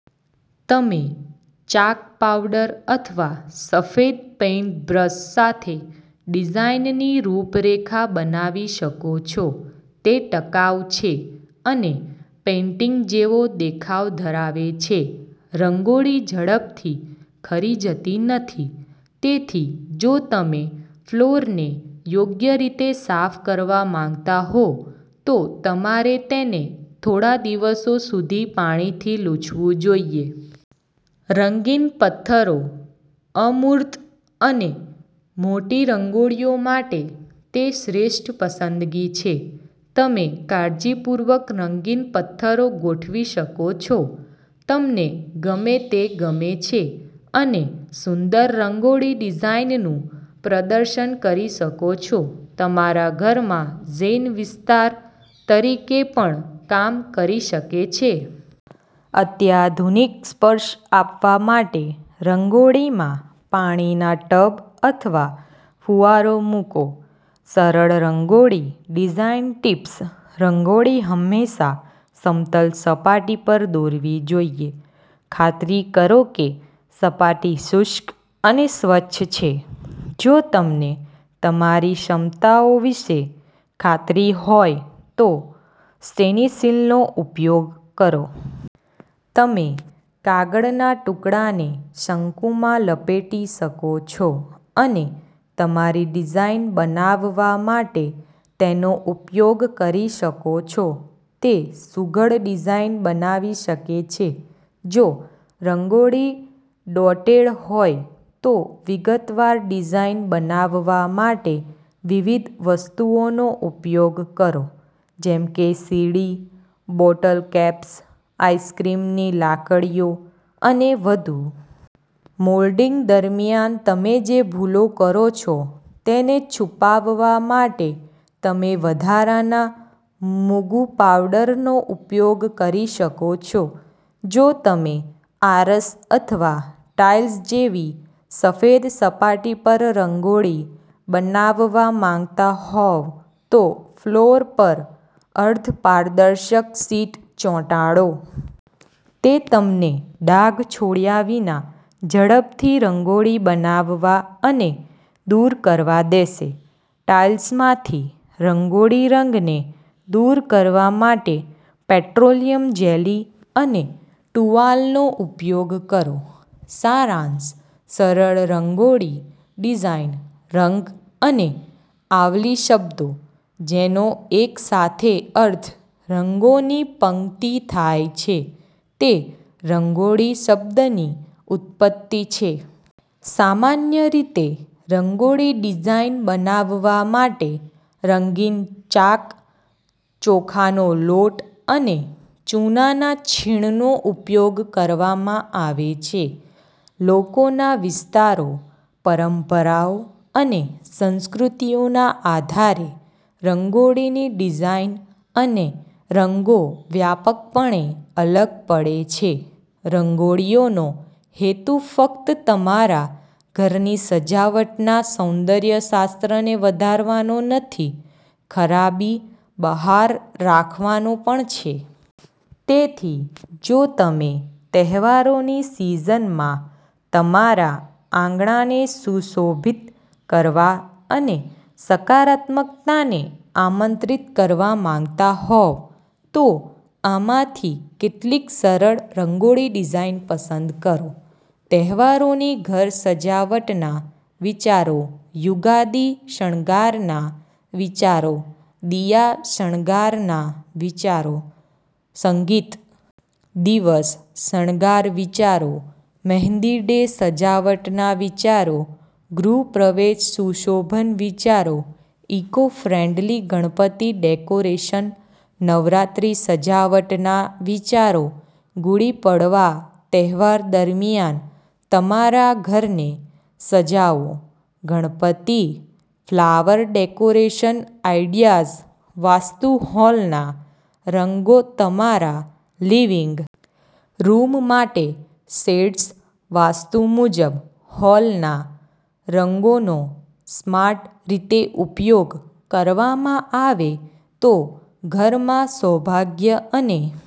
તમે chalk powder અથવા સફેદ પેઇન્ટબ્રશ સાથે ડિઝાઇનની રૂપરેખા બનાવી શકો છો. તે ટકાઉ છે અને પેઇન્ટિંગ જેવો દેખાવ ધરાવે છે. રંગોળી ઝડપથી ખરી જતી નથી, તેથી જો તમે ફ્લોરને યોગ્ય રીતે સાફ કરવા માંગતા હો, તો તમારે તેને થોડા દિવસો સુધી પાણીથી લૂછવું જોઈએ. રંગીન પત્થરોઅમૂર્ત અને મોટી રંગોળીઓ માટે તે શ્રેષ્ઠ પસંદગી છે. તમે કાળજીપૂર્વક રંગીન પત્થરો ગોઠવી શકો છો, તમને ગમે તે ગમે છે અને સુંદર રંગોળી ડિઝાઇનનું પ્રદર્શન કરી શકો છો. તમારા ઘરમાં ઝેન વિસ્તાર તરીકે પણ કામ કરી શકે છે. અત્યાધુનિક સ્પર્શ આપવા માટે રંગોળીમાં પાણીના ટબ અથવા ફુવારો મૂકો. સરળ રંગોળી ડિઝાઇન ટિપ્સ રંગોળી હંમેશા સમતલ સપાટી પર દોરવી જોઈએ. ખાતરી કરો કે સપાટી શુષ્ક અને સ્વચ્છ છે. જો તમને તમારી શમતાઓ વિશે ખાતરી હોય તો સ્ટેનીસીલનો ઉપયોગ કરો. તમે કાગળના ટુકડાને શંકુમાં લપેટી શકો છો અને તમારી ડિઝાઇન બનાવવા માટે તેનો ઉપયોગ કરી શકો છોતે સુઘડ ડિઝાઇન બનાવી શકે છે. જો રંગોળી ડોટેડહોય તો વિગતવાર ડિઝાઇન બનાવવા માટે વિવિધ વસ્તુઓનો ઉપયોગ કરો, જેમ કે સીડી, બોટલ કેપ્સ, આઈસ્ક્રીમની લાકડીઓ અને વધુ. મોલ્ડિંગ દરમિયાન તમે જે ભૂલો કરો છો તેને છુપાવવા માટે તમે વધારાના મુગ્ગુ પાવડરનો ઉપયોગ કરી શકો છો. જો તમે આરસ અથવા ટાઇલ્સ જેવી સફેદ સપાટી પર રંગોળી બનાવવા માંગતા હોવ તો ફ્લોર પર અર્ધપારદર્શક શીટ ચોંટાડો. તે તમને ડાઘ છોડ્યા વિના ઝડપથી રંગોળી બનાવવા અને દૂર કરવા દેશે. ટાઇલ્સમાંથી રંગોળી રંગને દૂર કરવા માટે પેટ્રોલિયમ જેલી અને ટુવાલનો ઉપયોગ કરો. સારાંશસરળ રંગોળી ડિઝાઇન 'રંગ' અને 'આવલી' શબ્દો, જેનો એકસાથે અર્થ 'રંગોની પંક્તિ' થાય છે, તે રંગોળી શબ્દની ઉત્પત્તિ છે. સામાન્ય રીતે રંગોળી ડિઝાઇન બનાવવા માટે રંગીન ચાક, ચોખાનો લોટ અને ચૂનાના છીણનો ઉપયોગ કરવામાં આવે છે. લોકોના વિસ્તારો, પરંપરાઓ અને સંસ્કૃતિઓના આધારે રંગોળીની ડિઝાઇન અને રંગો વ્યાપકપણે અલગ પડે છે. રંગોળીઓનો હેતુ ફક્ત તમારા ઘરની સજાવટના સૌંદર્ય શાસ્ત્રને વધારવાનો નથી, ખરાબી બહાર રાખવાનો પણ છે. તેથી, જો તમેતહેવારોની સિઝનમાં તમારા આંગણાને સુશોભિત કરવા અને સકારાત્મકતાને આમંત્રિત કરવા માંગતા હોવ તો આમાંથી કેટલીક સરળ રંગોળી ડિઝાઇન પસંદ કરો. તહેવારોની ઘર સજાવટના વિચારો યુગાદી શણગારના વિચારો દિયા શણગારના વિચારો સંગીત દિવસ શણગાર વિચારો મહેંદી ડે સજાવટના વિચારો ગૃહ પ્રવેશ સુશોભન વિચારો eco friendly Ganpati decoration Navratri સજાવટના વિચારો ગુડી પડવા તહેવાર દરમિયાન તમારા ઘરને સજાવો Ganpati flower decoration ideas vastu હોલના રંગોતમારા લિવિંગ રૂમ માટે શેડ્સ વાસ્તુ મુજબ હોલના રંગોનો સ્માર્ટ રીતે ઉપયોગ કરવામાં આવે તો ઘરમાં સૌભાગ્ય અને